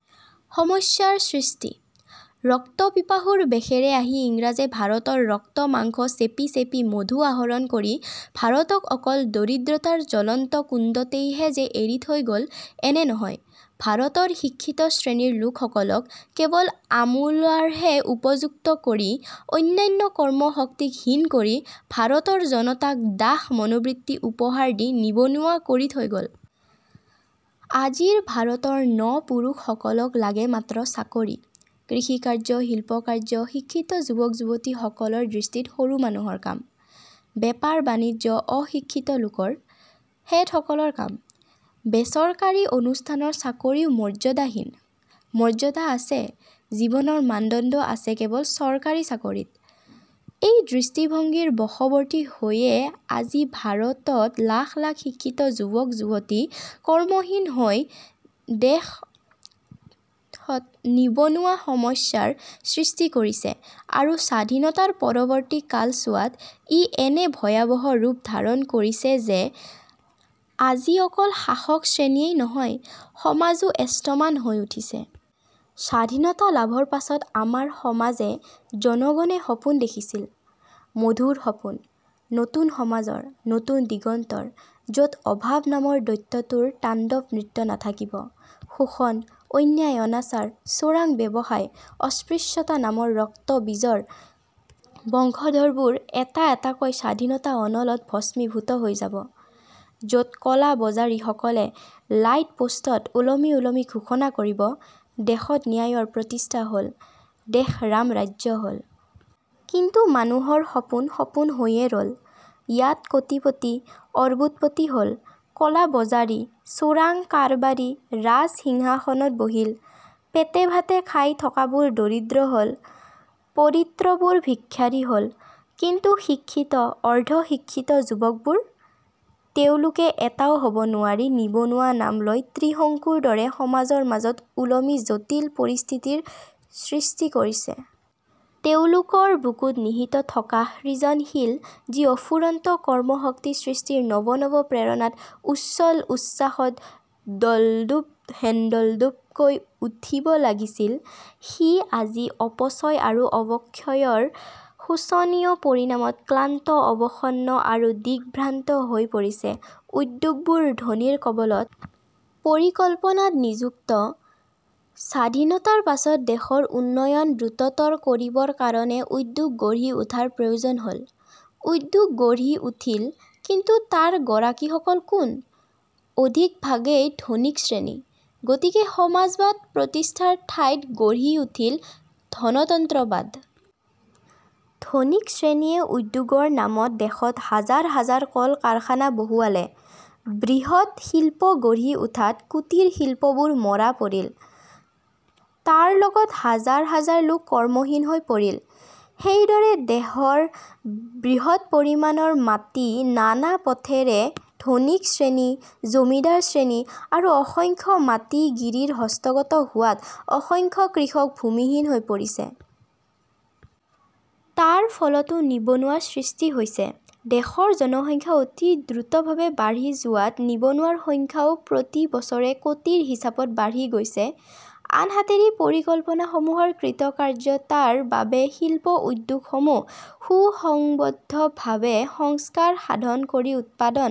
সমস্যাৰ সৃষ্টি – ৰক্তপিপাসুৰ বেশেৰে আহি ইংৰাজে ভাৰতৰ ৰক্ত-মাংস চেপি চেপি মধু আহৰণ কৰি ভাৰতক অকল দৰিদ্ৰতাৰ জ্বলন্ত কুণ্ডতেইহে যে এৰি থৈ গ'ল এনে নহয়, ভাৰতৰ শিক্ষিত শ্ৰেণীৰ লোকসকলক কেৱল আমোলাৰহে উপযুক্ত কৰি, অন্যান্য কৰ্মশক্তিত হীন কৰি, ভাৰতৰ জনতাক দাস-মনোবৃত্তি উপহাৰ দি নিবনুৱা কৰি থৈ গ'ল। আজিৰ ভাৰতৰ ন-পুৰুষসকলক লাগে মাত্ৰ চাকৰি; কৃষিকাৰ্য, শিল্পকাৰ্য, শিক্ষিত যুৱক-যুৱতীসকলৰ দৃষ্টিত সৰু মানুহৰ কাম; বেপাৰ-বাণিজ্য অশিক্ষিত লোকৰ, শেঠসকলৰ কাম। বে-চৰকাৰী অনুষ্ঠানৰ চাকৰিও মৰ্যাদাহীন; মৰ্যাদা আছে, জীৱনৰ মানদণ্ড আছে কেৱল চৰকাৰী চাকৰিত। এই দৃষ্টিভংগীৰ বশৱৰ্তী হৈয়ে আজি ভাৰতত লাখ লাখ শিক্ষিত যুৱক-যুৱতী কৰ্মহীন হৈ দেশত নিবনুৱা সমস্যাৰ সৃষ্টি কৰিছে আৰু স্বাধীনতাৰ পৰৱৰ্তী কালছোৱাত ই এনে ভয়াৱহ ৰূপ ধাৰণ কৰিছে যে আজি অকল শাসক শ্ৰেণীয়েই নহয়, সমাজো এস্তমান হৈ উঠিছে। স্বাধীনতা লাভৰ পাছত আমাৰ সমাজে, জনগণে সপোন দেখিছিল- মধুৰ সপোন; নতুন সমাজৰ, নতুন দিগন্তৰ; য'ত অভাৱ নামৰ দৈত্যটোৰ তাণ্ডৱ নৃত্য নাথাকিব; শোষণ, অন্যায়-অনাচাৰ, চোৰাং ব্যৱসায়, অস্পৃশ্যতা নামৰ ৰক্ত-বীজৰ বংশধৰবোৰ এটা এটাকৈ স্বাধীনতা-অনলত ভস্মীভূত হৈ যাব; য'ত ক'লাবজাৰীসকলে লাইট-পোষ্টত ওলমি ওলমি ঘোষণা কৰিব "দেশত ন্যায়ৰ প্ৰতিষ্ঠা হ'ল, দেশ ৰামৰাজ্য হ'ল। " কিন্তু মানুহৰ সপোন সপোন হৈয়ে ৰ'ল। ইয়াত কোটিপতি অৰ্বুদপতি হ'ল; ক'লাবজাৰী, চোৰাং কাৰবাৰী ৰাজ-সিংহাসনত বহিল। পেটে-ভাতে খাই থকাবোৰ দৰিদ্ৰ হ'ল, পৰিদ্ৰবোৰ ভিক্ষাৰী হ'ল। কিন্তু শিক্ষিত, অৰ্দ্ধ শিক্ষিত যুৱকবোৰ? তেওঁলোকে এটাও হ'ব নোৱাৰি নিবনুৱা নাম লৈ ত্ৰিশংকুৰ দৰে সমাজৰ মাজত ওলমি জটিল পৰিস্থিতিৰ সৃষ্টি কৰিছ। তেওঁলোকৰ বুকুত নিহিত থকা সৃজনশীল যি অফুৰন্ত কৰ্মশক্তি সৃষ্টিৰ নৱ নৱ প্ৰেৰণাত, উচ্ছল উচ্ছ্বাসত দল্দোপ-হেন্দোল্দোপকৈ উঠিব লাগিছিল, সি আজি অপচয় আৰু অৱক্ষয়ৰ শোচনীয় পৰিণামত ক্লান্ত, অৱসন্ন আৰু দিগ্ভ্ৰান্ত হৈ পৰিছে। উদ্যোগবোৰ ধনীৰ কবলত. পৰিকল্পনাত নিযুক্তি – স্বাধীনতাৰ পাছত দেশৰ উন্নয়ন দ্ৰুততৰ কৰিবৰ কাৰণে উদ্যোগ গঢ়ি উঠাৰ প্ৰয়োজন হ'ল৷ উদ্যোগ গঢ়ি উঠিল; কিন্তু তাৰ গৰাকীসকল কোন? অধিক ভাগেই ধনিক শ্ৰেণী। গতিকে সমাজবাদ প্ৰতিষ্ঠাৰ ঠাইত গঢ়ি উঠিল ধনতন্ত্ৰবাদ। ধনিক শ্ৰেণীয়ে উদ্যোগৰ নামত দেশত হাজাৰ হাজাৰ কল কাৰখানা বহুৱালে। বৃহৎ শিল্প গঢ়ি উঠাত কুটীৰশিল্পবোৰ মৰা পৰিল। তাৰ ফলত হাজাৰ হাজাৰ লোক কৰ্মহীন হৈ পৰিল। সেইদৰে দেশৰ বৃহৎ পৰিমাণৰ মাটি নানা পথেৰে ধনিক শ্ৰেণী, জমিদাৰ শ্ৰেণী আৰু অসংখ্য মাটি-গিৰিৰ হস্তগত হোৱাত অসংখ্য কৃষক ভূমিহীন হৈ পৰিছে। তাৰ ফলতো নিবনুৱাৰ সৃষ্টি হৈছে। দেশৰ জনসংখ্যা অতি দ্ৰুতভাৱে বাঢ়ি যোৱাত নিবনুৱাৰ সংখ্যাও প্ৰতি বছৰে কোটিৰ হিচাপত বাঢ়ি গৈছে। আনহাতেদি পৰিকল্পনাসমূহৰ কৃতকাৰ্যতাৰ বাবে শিল্প উদ্যোগসমূহ সুসংবদ্ধভাৱে সংস্কাৰ সাধন কৰি উৎপাদন